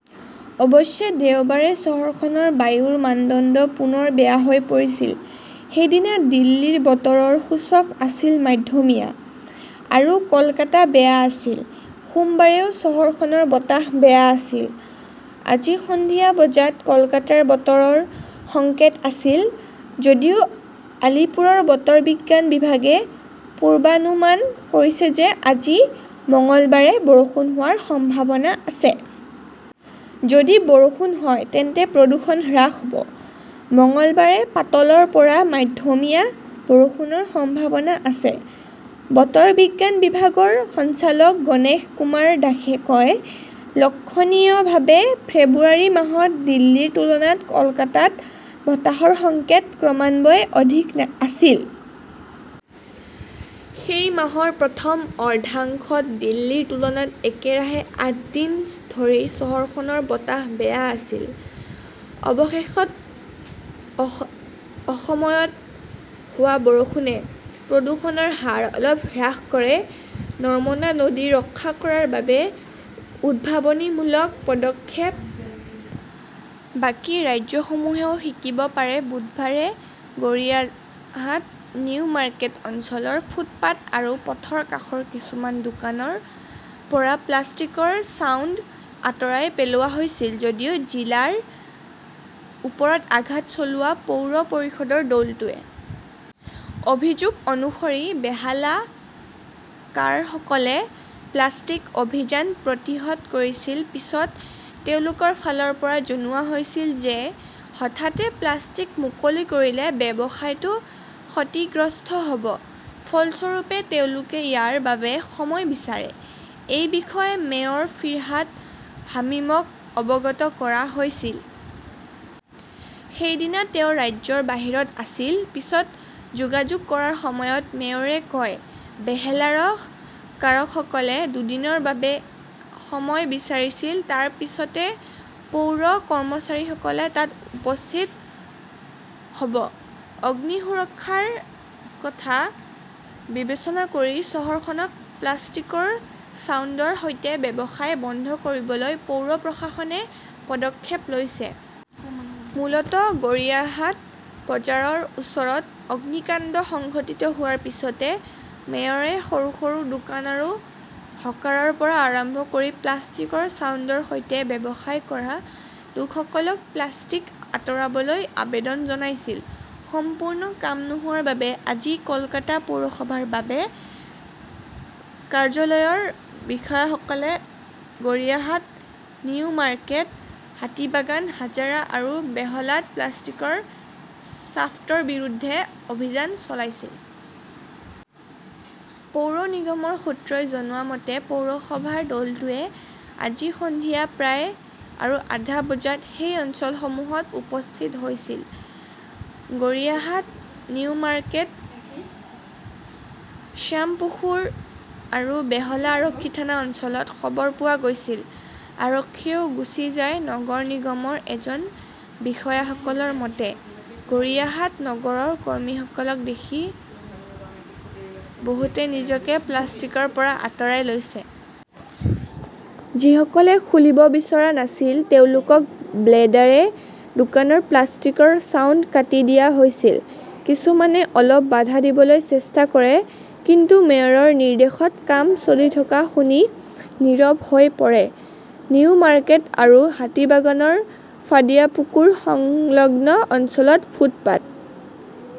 অৱশ্যে, দেওবাৰে চহৰখনৰ বায়ুৰ মানদণ্ড পুনৰ বেয়া হৈ পৰিছিল। সেইদিনা দিল্লীৰ বতৰৰ সূচক আছিল মধ্যমীয়া। আৰু কলকাতা বেয়া আছিল। সোমবাৰেও চহৰখনৰ বতাহ 'বেয়া "আছিল। আজি সন্ধিয়া বজাত কলকাতাৰ বতৰৰ সংকেত আছিল। যদিও আলীপুৰৰ বতৰ বিজ্ঞান বিভাগে পূৰ্বানুমান কৰিছে যে আজি মঙলবাৰে বৰষুণ হোৱাৰ সম্ভাৱনা আছে। যদি বৰষুণ হয় তেন্তে প্ৰদূষণ হ্ৰাস হ "ব। "মঙলবাৰে পাতলৰ পৰা মধ্যমীয়া বৰষুণৰ সম্ভাৱনা আছে", বতৰ বিজ্ঞান বিভাগৰ সঞ্চালক গণেশকুমাৰ দাসে কয়। "লক্ষণীয়ভাৱে, ফেব্ৰুৱাৰী মাহত দিল্লীৰ তুলনাত কলকাতাত বতাহৰ সংকেত ক্ৰমান্বয়ে অধিক আছিল। সেই মাহৰ প্ৰথম অৰ্ধাংশত দিল্লীৰ তুলনাত একেৰাহে আঠ দিন ধৰি চহৰখনৰ বতাহ বেয়া আছিল। অৱশেষত, অৱশেষত, অসময়ত হোৱা বৰষুণে প্ৰদূষণৰ হাৰ অলপ হ্ৰাস কৰে। নৰ্মদা নদী ৰক্ষা কৰাৰ বাবে উদ্ভাৱনীমূলক পদক্ষেপ, বাকী ৰাজ্যসমূহেও শিকিব পাৰে বুধবাৰে গড়িয়াহাট, নিউ মাৰ্কেট অঞ্চলৰ ফুটপাত আৰু পথৰ কাষৰ কিছুমান দোকানৰ পৰা প্লাষ্টিকৰ ছাউণ্ড আঁতৰাই পেলোৱা হৈছিল যদিও ভিলাৰ ওপৰত 'আঘাত "চলোৱা পৌৰ পৰিষদৰ দলটোৱে। অভিযোগ অনুসৰি বেহালা হ 'কাৰসকলে প্লাষ্টিক অভিযান প্ৰতিহত কৰিছিল। পিছত তেওঁলোকৰ ফালৰ পৰা জনোৱা হৈছিল যে হঠাতে প্লাষ্টিক মুকলি কৰিলে ব্যৱসায়টো ক্ষতিগ্ৰস্ত হ "ব। ফলস্বৰূপে, তেওঁলোকে ইয়াৰ বাবে সময় বিচাৰে। এই বিষয়ে মেয়ৰ ফিৰহাদ হাকিমক অৱগত কৰা হৈছিল। সেইদিনা তেওঁ ৰাজ্যৰ বাহিৰত আছিল। পিছত যোগাযোগ কৰাৰ সময়ত মেয়ৰে কয়, "বেহেলাৰ হ 'কাৰসকলে দুদিনৰ বাবে সময় বিচাৰিছিল। তাৰ পিছতে পৌৰ কৰ্মচাৰীসকলে তাত উপস্থিত হ "ব। "অগ্নি সুৰক্ষাৰ কথা বিবেচনা কৰি চহৰখনত প্লাষ্টিকৰ ছাউণ্ডৰ সৈতে ব্যৱসায় বন্ধ কৰিবলৈ পৌৰ প্ৰশাসনে পদক্ষেপ লৈছে। মূলতঃ গড়িয়াহাট বজাৰৰ ওচৰত অগ্নিকাণ্ড সংঘটিত হোৱাৰ পিছতে মেয়ৰে সৰু সৰু দোকান আৰু হকাৰৰ পৰা আৰম্ভ কৰি প্লাষ্টিকৰ ছাউণ্ডৰ সৈতে ব্যৱসায় কৰা লোকসকলক প্লাষ্টিক আঁতৰাবলৈ আবেদন জনাইছিল। সম্পূৰ্ণ কাম নোহোৱাৰ বাবে আজি কলকাতা পৌৰসভাৰ বজাৰ কাৰ্যালয়ৰ বিষয়াসকলে গড়িয়াহাট, নিউ মাৰ্কেট, হাতিবাগান, হাজাৰা আৰু বেহলাত প্লাষ্টিকৰ ছাফ্টৰ বিৰুদ্ধে অভিযান চলাইছিল। পৌৰ নিগমৰ সূত্ৰই জনোৱা মতে, পৌৰসভাৰ দলটোৱে আজি সন্ধিয়া প্ৰায় আৰু আধা বজাত সেই অঞ্চলসমূহত উপস্থিত হৈছিল। গড়িয়াহাট, নিউ মাৰ্কেট, শ্যামপুখুৰ আৰু বেহলা আৰক্ষী থানা অঞ্চলত খবৰ পোৱা গৈছিল। আৰক্ষীয়েও গুচি যায়। নগৰ নিগমৰ এজন বিষয়াসকলৰ মতে, গড়িয়াহাটত নগৰ কৰ্মীসকলক দেখি বহুতে নিজকে প্লাষ্টিকৰ পৰা আঁতৰাই লৈছে। যিসকলে খুলিব বিচৰা নাছিল তেওঁলোকক ব্লেডেৰে দোকানৰ প্লাষ্টিকৰ ছাউণ্ড কাটি দিয়া হৈছিল। কিছুমানে অলপ বাধা দিবলৈ চেষ্টা কৰে, কিন্তু মেয়ৰৰ নিৰ্দেশত কাম চলি থকা শুনি নীৰৱ হৈ পৰে। নিউ মাৰ্কেট আৰু হাতিবাগানৰ ফাডিয়াপুকুৰ সংলগ্ন অঞ্চলত ফুটপাত